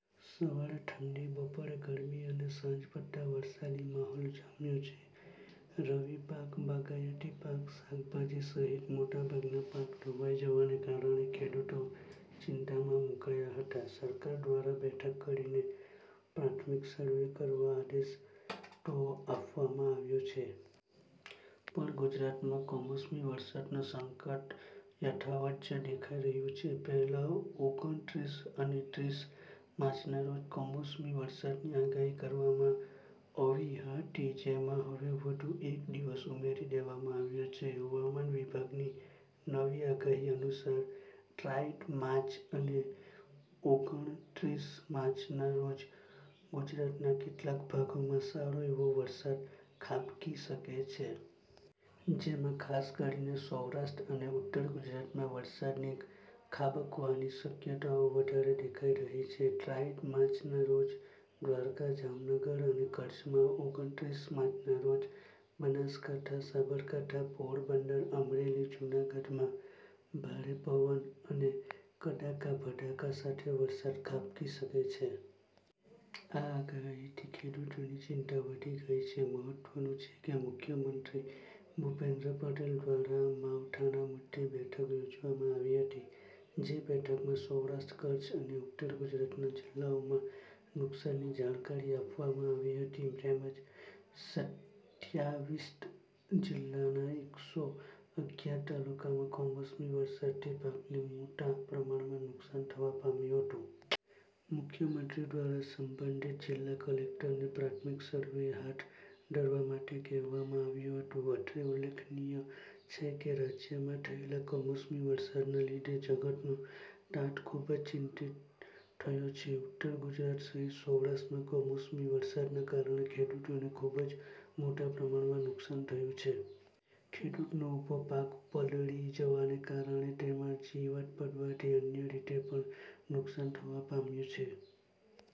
સવારે ઠંડી બપોરે ગરમી અને સાંજ પડતાં વરસાદી માહોલ જામ્યો છે. રવિ પાક, બાગાયતી પાક, શાકભાજી સહિત મોટાભાગના પાક ધોવાય જવાને કારણે ખેડૂતો ચિંતામાં મુકાયા હતા. સરકાર દ્વારા બેઠક કરીને પ્રાથમિક સર્વે કરવા આદેશ તો આપવામાં આવ્યો છે. પણ ગુજરાતમાં કમોસમી વરસાદનું સંકટ યથાવત જ દેખાઈ રહ્યું છે. પહેલા ઓગણત્રીસ અને ત્રીસ માર્ચના રોજ કમોસમી વરસાદની આગાહી કરવામાં અવી હતી જેમાં હવે વધુ એક દિવસ ઉમેરી દેવામાં આવ્યો છે. હવામાન વિભાગની નવી આગાહી અનુસાર, ટ્રાઈડ માર્ચ અને ઓગણત્રીસ માર્ચના રોજ ગુજરાતના કેટલાક ભાગોમાં સારો એવો વરસાદ ખાબકી શકે છે. જેમાં ખાસ કરીને સૌરાષ્ટ્ર અને ઉતર ગુજરાતમાં વરસાદની ખાબકવાની શક્યતાઓ વધારે દેખાઈ રહી છે. ટ્રાઈડ માર્ચના રોજ દ્વારકા, જામનગર અને કચ્છમાં, ઓગણત્રીસ માર્ચના રોજ બનાસકાંઠા, સાબરકાંઠા, પોરબંદર, અમરેલી, જૂનાગઢમાં ભારે પવન અને કડાકા ભડાકા સાથે વરસાદ ખાબકી શકે છે. આ આગાહીથી ખેડૂતોની ચિંતા વધી ગઈ છે. મહત્વનું છે કે મુખ્યમંત્રી ભૂપેન્દ્ર પટેલ દ્વારા માવઠાના મુદ્દે બેઠક યોજવામાં આવી હતી. જે બેઠકમાં સૌરાષ્ટ્ર-કચ્છ અને ઉત્તર ગુજરાતના જિલ્લાઓમાં નુકસાનની જાણકારી આપવામાં આવી હતી. તેમજ સત્યાવીસઽ જિલ્લાના એકસો અગ્યાર તાલુકામાં કમોસમી વરસાદથી પાકને મોટા પ્રમાણમાં નુકસાન થવા પામ્યું હતું. મુખ્યમંત્રી દ્વારા સંબંધિત જિલ્લા કલેક્ટરને પ્રાથમિક સરવે હાથ ધરવા માટે કહેવામાં આવ્યું હતું. અત્રે ઉલ્લેખનીય છે કે, રાજ્યમાં થયેલા કમોસમી વરસાદના લીધે જગતનો તાત ખુબ જ ચિંતિતિ થયો છે. ઉત્તર ગુજરાત સહિત સૌરાષ્ટ્રમાં કમોસમી વરસાદના કારણે ખેડૂતોને ખુબ જ મોટા પ્રમાણમાં નુકસાન થયું છે. ખેડૂતનો ઉભો પાક પલળી જવાને કારણે તેમાં જીવાત પડવાથી અન્ય રીતે પણ નુકસાન થવા પામ્યું છે.